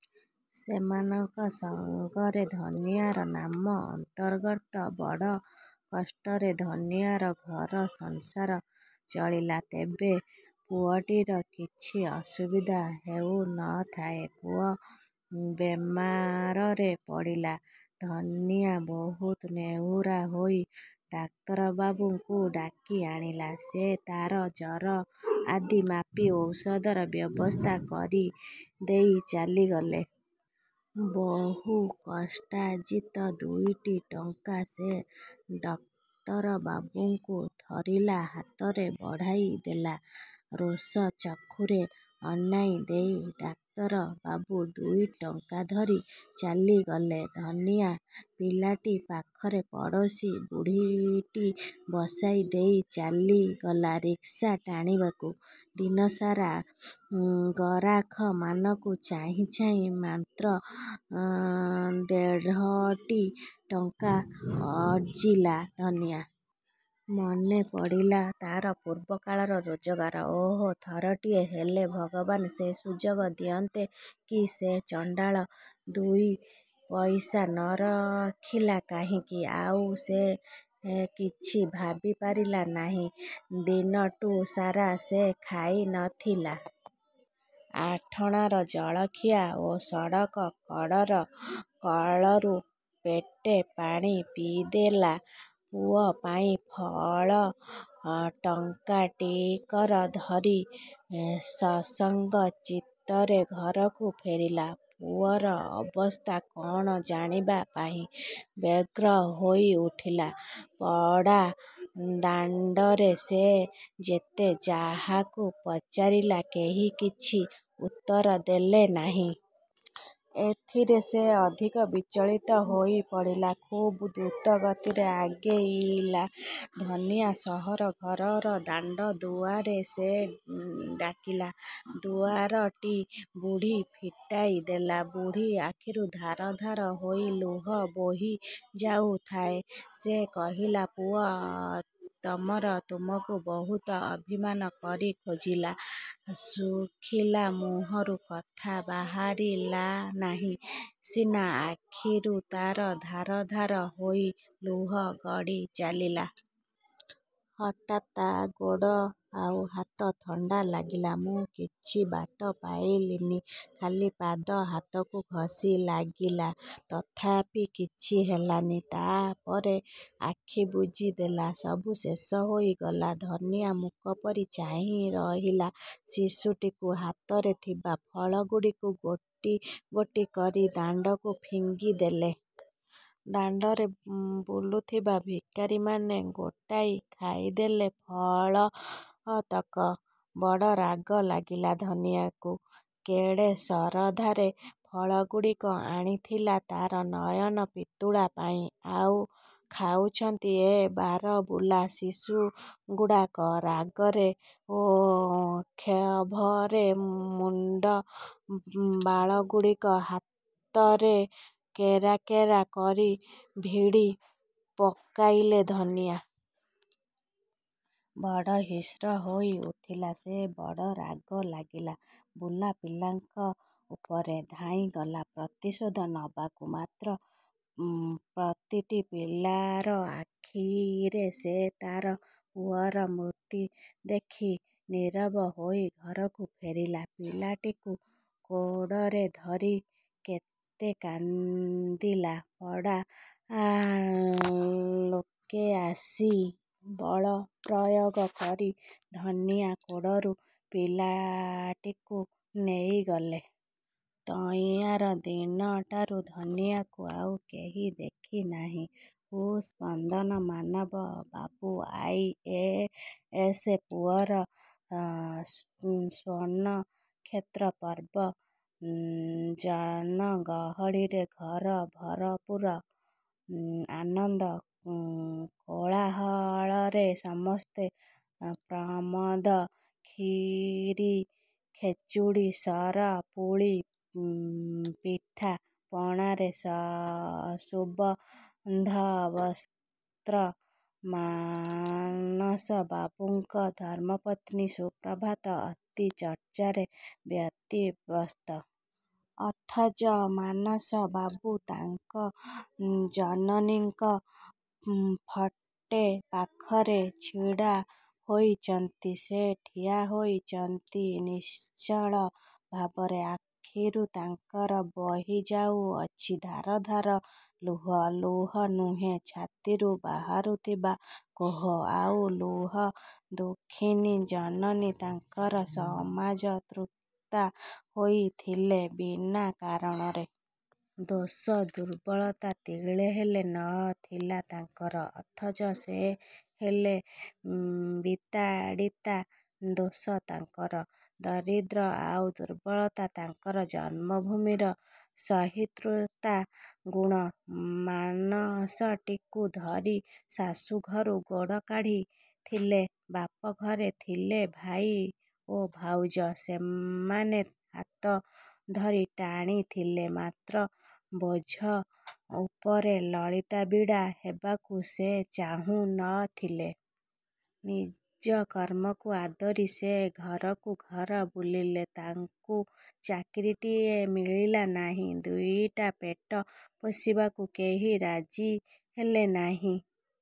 ସେମାନଙ୍କ ସଙ୍ଗରେ ଧନିଆର ନାମ ଅନ୍ତର୍ଗତ। ବଡ଼ କଷ୍ଟରେ ଧନିଆର ଘର ସଂସାର ଚଳିଲା। ତେବେ ପୁଅଟିର କିଛି ଅସୁବିଧା ହେଉ ନ ଥାଏ। ପୁଅ ବେମାରରେ ପଡ଼ିଲା। ଧନିଆ ବହୁତ ନେହୁରା ହେଇ ଡାକ୍ତରବାବୁଙ୍କୁ ଡାକି ଆଣିଲା। ସେ ତାର ଜର ଆଦି ମାପି ଔଷଧର ବ୍ୟବସ୍ଥା କରିଦେଇ ଚାଲିଗଲେ। ବହୁ କଷ୍ଟାର୍ଜିତ ଦୁଇଟି ଟଙ୍କା ସେ ଡାକ୍ତର ବାବୁଙ୍କୁ ଥରିଲା ହାତରେ ବଢ଼ାଇ ଦେଲା। ରୋଷ ଚକ୍ଷୁରେ ଅନାଇ ଦେଇ ଡାକ୍ତର ବାବୁ ଦୁଇଟି ଟଙ୍କା ଧରି ଚାଲିଗଲେ। ଧନିଆ ପିଲାଟି ପାଖରେ ପଡ଼ୋଶୀ ବୁଢ଼ୀଟି ବସାଇ ଦେଇ ଚାଲିଗଲା ରିକ୍ସା ଟାଣିବାକୁ। ଦିନସାରା ଗରାଖମାନଙ୍କୁ ଚାହିଁ ଚାହିଁ ମାତ୍ର ଦେଢ଼ୋଟି ଟଙ୍କା ଅର୍ଜିଲା ଧନିଆ। ମନେ ପଡ଼ିଲା ତାର ପୂର୍ବ କାଳର ରୋଜଗାର। ଓଃ, ଥରୁଟିଏ ହେଲେ ଭଗବାନ ସେ ସୁଯୋଗ ଦିଅନ୍ତେ କି! ସେ ଚଣ୍ତାଳ ଦୁଇ ପଇସା ନ ରଖିଲା କାହିଁକି। ଆଉ ସେ କିଛି ଭାବି ପାରିଲା ନାହିଁ। ଦିନଟୁ ସାରା ସେ ଖାଇ ନ ଥିଲା। ଆଠଣାର ଜଳଖିଆ ଓ ସଡ଼କ କଡ଼ରକଳରୁ ପେଟେ ପାଣି ପିଇଦେଲା। ପୁଅ ପାଇଁ ଫଳ ଟଙ୍କାଟିକର ଧରି ଶଶଙ୍କ ଚିତ୍ତରେ ଘରକୁ ଫେରିଲା। ପୁଅର ଅବସ୍ଥା କ'ଣ ଜାଣିବା ପାଇଁ ବ୍ୟଗ୍ର ହୋଇ ଉଠିଲା। ପଡ଼ା ଦାଣ୍ତରେ ସେ ଯେତେ ଯାହାକୁ ପଚାରିଲା କେହି କିଛି ଉତ୍ତର ଦେଲେ ନାହିଁ। ଏଥିରେ ସେ ଅଧିକ ବିଚଳିତ ହୋଇପଡ଼ିଲା। ଖୁବ୍ ଦ୍ରୁତ ଗତିରେ ଆଗେଇଲା ଧନିଆ ସଅର। ଘର ଦାଣ୍ତଦୁଆରେ ସେ ଡ଼ାକିଲା। ଦୁଆରଟି ବୁଢ଼ୀ ଫିଟାଇ ଦେଲା। ବୁଢ଼ୀ ଆଖିରୁ ଧାର ଧାର ହୋଇ ଲୁହ ବୋହି ଯାଉଥାଏ। ସେ କହିଲା—ପୁଅ ତମର ତୁମକୁ ବହୁତ ଅଭିମାନ କରି ଖୋଜିଲା, ଶୁଖିଲା ମୁହଁରୁ କଥା ବାହାରିଲା ନାହିଁ ସିନା ଆଖିରୁ ତାର ଧାର ଧାର ହୋଇ ଲୁହ ଗଡ଼ି ଚାଲିଲା। ହଠାତ୍ ତା ଗୋଡ଼ ଆଉ ହାତ ଥଣ୍ତା ଲାଗିଲା। ମୁଁ କିଛି ବାଟ ପାଇଲିନି। ଖାଲି ପାଦ ଓ ହାତକୁ ଘସି ଲାଗିଲା। ତଥାପି କିଛି ହେଲାନି, ତାପରେ ଆଖି ବୁଜିଦେଲା। ସବୁ ଶେଷ ହୋଇଗଲା। ଧନିଆ ମୂକ ପରି ଚାହିଁ ରହିଲା ଶିଶୁଟିକୁ। ହାତରେ ଥିବା ଫଳ ଗୁଡ଼ିକୁ ଗୋଟି ଗୋଟି କରି ଦାଣ୍ତକୁ ଫିଙ୍ଗିଦେଲେ। ଦାଣ୍ତରେ ବୁଲୁଥିବା ଭିକାରୀମାନେ ଗୋଟାଇ ଖାଇଦେଲେ ଫଳତକ। ବଡ଼ ରାଗ ଲାଗିଲା ଧନିଆକୁ। କେଡ଼େ ଶରଧାରେ ଫଳଗୁଡ଼ିକ ଆଣିଥିଲା ତାର ନୟନ ପିତୁଳା ପାଇଁ, ଆଉ ଖାଉଚନ୍ତି ଏ ବାରବୁଲା ଶିଶୁଗୁଡ଼ାକ। ରାଗରେ ଓ କ୍ଷୋଭରେ ମୁଣ୍ତ ବାଳଗୁଡ଼ିକୁ ହାତରେ କେରା କେରା କରି ଭିଡ଼ି ପକାଇଲେ ଧନିଆ। ବଡ଼ ହିଂସ୍ର ହୋଇଉଠିଲା ସେ। ବଡ଼ ରାଗ ଲାଗିଲା ବୁଲା ପିଲାଙ୍କ ଉପରେ। ଧାଇଁଗଲା ପ୍ରତିଶୋଧ ନେବାକୁ। ମାତ୍ର ପ୍ରତିଟି ପିଲାର ଆଖିରେ ସେ ତା ପୁଅର ମୂର୍ତ୍ତି ଦେଖି ନୀରବ ହୋଇ ଘରକୁ ଫେରିଲା। ପିଲାଟିକୁ କୋଡ଼ରେ ଧରି କେତେ କାନ୍ଦିଲା। ପଡ଼ା ଲୋକେ ଆସି ବଳ ପ୍ରୟୋଗ କରି ଧନିଆ କୋଡ଼ରୁ ପିଲାଟିକୁ ନେଇଗଲେ। ତହିଁଆର ଦିନଟାରୁ ଧନିଆକୁ ଆଉ କେହି ଦେଖିନାହିଁ। ହୃତ୍ସ୍ପନ୍ଦନ Manas babu, I. A. S. ପୁଅର ସ୍ୱନକ୍ଷେତ୍ର ପର୍ବ। ଜନଗହଳିରେ ଘର ଭରପୂର। ଆନନ୍ଦ କୋଳାହଳରେ ସମସ୍ତେ ପ୍ରମତ୍ତ। କ୍ଷୀରୀ, ଖେଚୁଡ଼ୀ, ସର, ପୁଳି, ପିଠା ପଣାର ସୁବନ୍ଦୋବସ୍ତ। ମାନସବାବୁଙ୍କ ଧର୍ମପତ୍ନୀ ସୁପ୍ରଭା ଅତିଥି ଚର୍ଚ୍ଚାରେ ବ୍ୟତିବ୍ୟସ୍ତ। ଅଥଚ ମାନସବାବୁ ତାଙ୍କ ଜନନୀଙ୍କ ଫଟୋ ପାଖରେ ଛିଡ଼ା ହୋଇଚନ୍ତି। ସେ ଠିଆ ହୋଇଚନ୍ତି ନିଶ୍ଚଳ ଭାବରେ, ଆଖିରୁ ତାଙ୍କର ବହିଯାଉଅଛି ଧାର ଧାର ଲୁହ। ଲୁହ ନୁହେଁ, ଛାତିରୁ ବାହାରୁଥିବା କୋହ ଆଉ ଲହୁ। ଦୁଃଖିନୀ ଜନନୀ ତାଙ୍କର। ସମାଜତ୍ୟକ୍ତା ହୋଇଥିଲେ ବିନା କାରଣରେ। ଦୋଷ ଦୁର୍ବଳତା ତିଳେ ହେଲେ ନ ଥିଲା ତାଙ୍କର। ଅଥଚ ସେ ହେଲେ ବିତାଡ଼ିତା। ଦୋଷ ତାଙ୍କର ଦାରିଦ୍ର୍ୟ ଆଉ ଦୁର୍ବଳତା ତାଙ୍କର ଜନ୍ମଭୂମିର ସହିଷ୍ଣୁତା ଗୁଣ। ମାନସଟିକୁ ଧରି ଶାଶୁ ଘରୁ ଗୋଡ଼ କାଢ଼ିଥିଲେ। ବାପ ଘରେ ଥିଲେ ଭାଇ ଓ ଭାଉଜ-। ସେମାନେ ହାତ ଧରି ଟାଣିଥିଲେ, ମାତ୍ର ବୋଝ ଉପରେ ନଳିତା ବିଡ଼ା ହେବାକୁ ସେ ଚାହିଁ ନ ଥିଲେ। ନିଜ କର୍ମକୁ ଆଦରି ସେ ଘରକୁ ଘର ବୁଲିଲେ। ତାଙ୍କୁ ଚାକିରୀଟିଏ ମିଳିଲା ନାହିଁ-। ଦୁଇଟା ପେଟ ପୋଷିବାକୁ କେହି ରାଜି ହେଲେ ନାହିଁ।